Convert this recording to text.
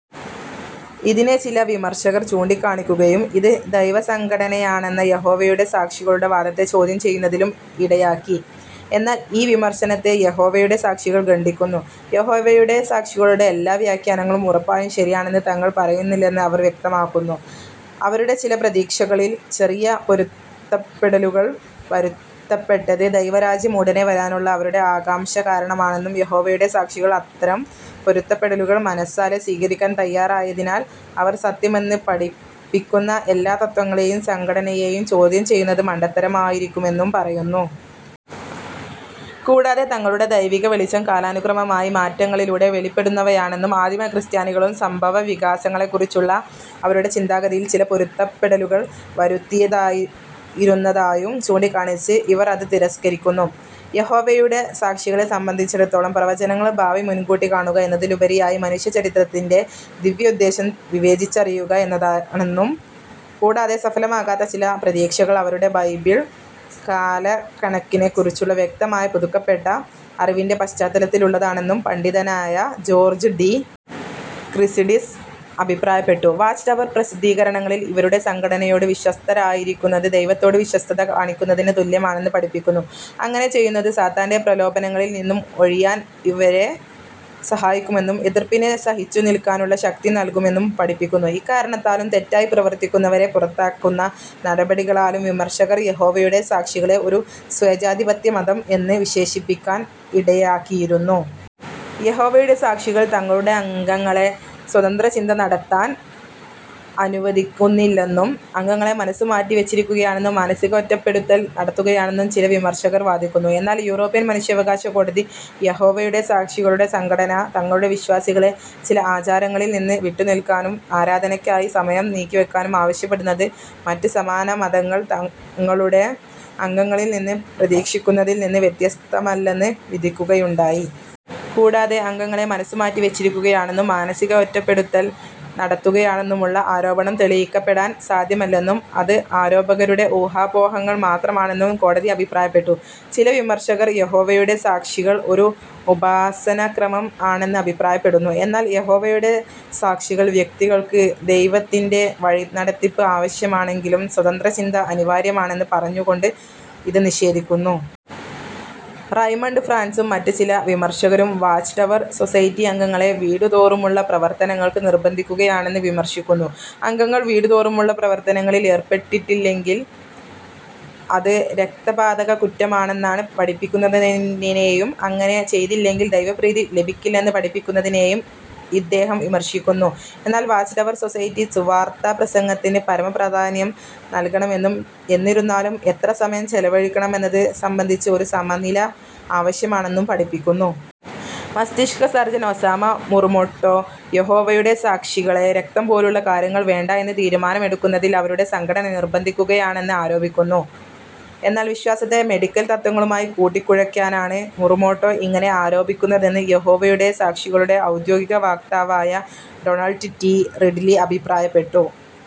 ഇതിനെ ചില വിമർശകർ ചൂണ്ടിക്കാണിക്കുകയും ഇത് ദൈവസംഘടനയാണെന്ന യഹോവയുടെ സാക്ഷികളുടെ വാദത്തെ ചോദ്യം ചെയ്യുന്നതിനും ഇടയാക്കി. എന്നാൽ ഈ വിമർശനത്തെ യഹോവയുടെ സാക്ഷികൾ ഖണ്ഡിക്കുന്നു. യഹോവയുടെ സാക്ഷികളുടെ എല്ലാ വ്യാഖ്യാനങ്ങളും ഉറപ്പായും ശരിയാണെന്ന് തങ്ങൾ പറയുന്നില്ലെന്ന് അവർ വ്യക്തമാക്കുന്നു. അവരുടെ ചില പ്രതീക്ഷകളിൽ ചെറിയ പൊരുത്തപ്പെടലുകൾ വരുത്തപ്പെട്ടത് ദൈവരാജ്യം ഉടനെ വരാനുള്ള അവരുടെ ആകാംക്ഷ കാരണമാണെന്നും യഹോവയുടെ സാക്ഷികൾ അത്തരം. തയ്യാറായതിനാൽ അവർ സത്യമെന്ന് പഠിപ്പിക്കുന്ന എല്ലാ തത്ത്വങ്ങളെയും സംഘടനയെയും ചോദ്യം ചെയ്യുന്നത് മണ്ടത്തരമായിരിക്കുമെന്നും പറയുന്നു. കൂടാതെ തങ്ങളുടെ ദൈവിക വെളിച്ചം കാലാനുക്രമമായി മാറ്റങ്ങളിലൂടെ വെളിപ്പെടുന്നവയാണെന്നും ആദിമ ക്രിസ്ത്യാനികളും സംഭവവികാസങ്ങളെക്കുറിച്ചുള്ള അവരുടെ ചിന്താഗതിയിൽ ചില പൊരുത്തപ്പെടുത്തലുകൾ വരുത്തിയിരുന്നതായും ചൂണ്ടിക്കാണിച്ച് ഇവർ അത് തിരസ്കരിക്കുന്നു. യഹോവയുടെ സാക്ഷികളെ സംബന്ധിച്ചിടത്തോളം പ്രവചനങ്ങൾ ഭാവി മുൻകൂട്ടി കാണുക എന്നതിലുപരിയായി മനുഷ്യചരിത്രത്തിൻ്റെ ദിവ്യ ഉദ്ദേശ്യം വിവേചിച്ചറിയുക എന്നതാണെന്നും കൂടാതെ സഫലമാകാത്ത ചില പ്രതീക്ഷകൾ അവരുടെ ബൈബിൾ കാലകണക്കിനെക്കുറിച്ചുള്ള വ്യക്തമായ പുതുക്കപ്പെട്ട അറിവിൻ്റെ പശ്ചാത്തലത്തിലുള്ളതാണെന്നും പണ്ഡിതനായ ജോർജ് ഡി. ക്രിസിഡിസ് അഭിപ്രായപ്പെട്ടു. വാച്ച്ടവർ പ്രസിദ്ധീകരണങ്ങളിൽ ഇവരുടെ സംഘടനയോട് വിശ്വസ്തരായിരിക്കുന്നത് ദൈവത്തോട് വിശ്വസ്തത കാണിക്കുന്നതിന് തുല്യമാണെന്ന് പഠിപ്പിക്കുന്നു. അങ്ങനെ ചെയ്യുന്നത് സാത്താൻ്റെ പ്രലോഭനങ്ങളിൽ നിന്നും ഒഴിയാൻ അവരെ സഹായിക്കുമെന്നും, എതിർപ്പിനെ സഹിച്ചുനിൽക്കാനുള്ള ശക്തി നൽകുമെന്നും പഠിപ്പിക്കുന്നു. ഇക്കാരണത്താലും, തെറ്റായി പ്രവർത്തിക്കുന്നവരെ പുറത്താക്കുന്ന നടപടികളാലും വിമർശകർ യഹോവയുടെ സാക്ഷികളെ ഒരു "സ്വേച്ഛാധിപത്യമതം" എന്ന് വിശേഷിപ്പിക്കാൻ ഇടയാക്കിയിരിക്കുന്നു. യഹോവയുടെ സാക്ഷികൾ തങ്ങളുടെ അംഗങ്ങളെ സ്വതന്ത്രചിന്ത നടത്താൻ അനുവദിക്കുന്നില്ലെന്നും, അംഗങ്ങളെ മനസ്സുമാറ്റി വെച്ചിരിക്കുകയാണെന്നും മാനസിക ഒറ്റപ്പെടുത്തൽ നടത്തുകയാണെന്നും ചില വിമർശകർ വാദിക്കുന്നു. എന്നാൽ യൂറോപ്യൻ മനുഷ്യാവകാശ കോടതി യഹോവയുടെ സാക്ഷികളുടെ സംഘടന, തങ്ങളുടെ വിശ്വാസികളെ ചില ആചാരങ്ങളിൽ നിന്ന് വിട്ടുനിൽക്കാനും ആരാധനയ്ക്കായി സമയം നീക്കിവെക്കാനും ആവശ്യപ്പെടുന്നത് മറ്റ് സമാന മതങ്ങൾ തങ്ങളുടെ അംഗങ്ങളിൽ നിന്ന് പ്രതീക്ഷിക്കുന്നതിൽ നിന്ന് വ്യത്യസ്തമല്ലെന്ന് വിധിക്കുകയുണ്ടായി. കൂടാതെ അംഗങ്ങളെ മനസ്സുമാറ്റി വെച്ചിരിക്കുകയാണെന്നും മാനസിക ഒറ്റപ്പെടുത്തൽ നടത്തുകയാണെന്നുമുള്ള ആരോപണം തെളിയിക്കപ്പെടാൻ സാധ്യമല്ലെന്നും അത് ആരോപകരുടെ ഊഹാപോഹങ്ങൾ മാത്രമാണെന്നും കോടതി അഭിപ്രായപ്പെട്ടു. ചില വിമർശകർ യഹോവയുടെ സാക്ഷികൾ ഒരു ഉപാസനാക്രമം ആണെന്ന് അഭിപ്രായപ്പെടുന്നു. എന്നാൽ യഹോവയുടെ സാക്ഷികൾ വ്യക്തികൾക്ക് ദൈവത്തി ൻ്റെ വഴിനടത്തിപ്പ് ആവശ്യമാണെങ്കിലും സ്വതന്ത്രചിന്ത അനിവാര്യമാണെന്ന് പറഞ്ഞുകൊണ്ട് ഇത് നിഷേധിക്കുന്നു. റയ്മണ്ട് ഫ്രാൻസും മറ്റ് ചില വിമർശകരും വാച്ച്ടവർ സൊസൈറ്റി അംഗങ്ങളെ വീടുതോറുമുള്ള പ്രവർത്തനങ്ങൾക്ക് നിർബന്ധിക്കുകയാണെന്ന് വിമർശിക്കുന്നു. അംഗങ്ങൾ വീടുതോറുമുള്ള പ്രവർത്തനങ്ങളിൽ ഏർപ്പെട്ടില്ലെങ്കിൽ അത് രക്തപാതകകുറ്റമാണെന്ന് പഠിപ്പിക്കുന്നതിനെയും അങ്ങനെ ചെയ്തില്ലെങ്കിൽ ദൈവപ്രീതി ലഭിക്കില്ലെന്ന് പഠിപ്പിക്കുന്നതിനെയും ഇദ്ദേഹം വിമർശിക്കുന്നു. എന്നാൽ വാച്ച്ടവർ സൊസൈറ്റി സുവാർത്താപ്രസംഗത്തിന് പരമപ്രാധാന്യം നൽകണമെന്നും എന്നിരുന്നാലും എത്ര സമയം ചെലവഴിക്കണം എന്നത് സംബന്ധിച്ച് ഒരു സമനില ആവശ്യമാണെന്നും പഠിപ്പിക്കുന്നു. മസ്തിഷ്ക സർജൻ ഒസാമ മുറുമോട്ടോ യഹോവയുടെ സാക്ഷികളെ രക്തം പോലുള്ള കാര്യങ്ങൾ വേണ്ട എന്ന് തീരുമാനമെടുക്കുന്നതിൽ അവരുടെ സംഘടന നിർബന്ധിക്കുകയാണെന്ന് ആരോപിക്കുന്നു. എന്നാൽ വിശ്വാസത്തെ മെഡിക്കൽ തത്ത്വങ്ങളുമായി കൂട്ടിക്കുഴയ്ക്കാനാണ് മുറുമോട്ടോ ഇങ്ങനെ ആരോപിക്കുന്നതെന്ന് യഹോവയുടെ സാക്ഷികളുടെ ഔദ്യോഗിക വക്താവായ ഡൊണൾഡ് റ്റി. റിഡ്ലി അഭിപ്രായപ്പെട്ടു.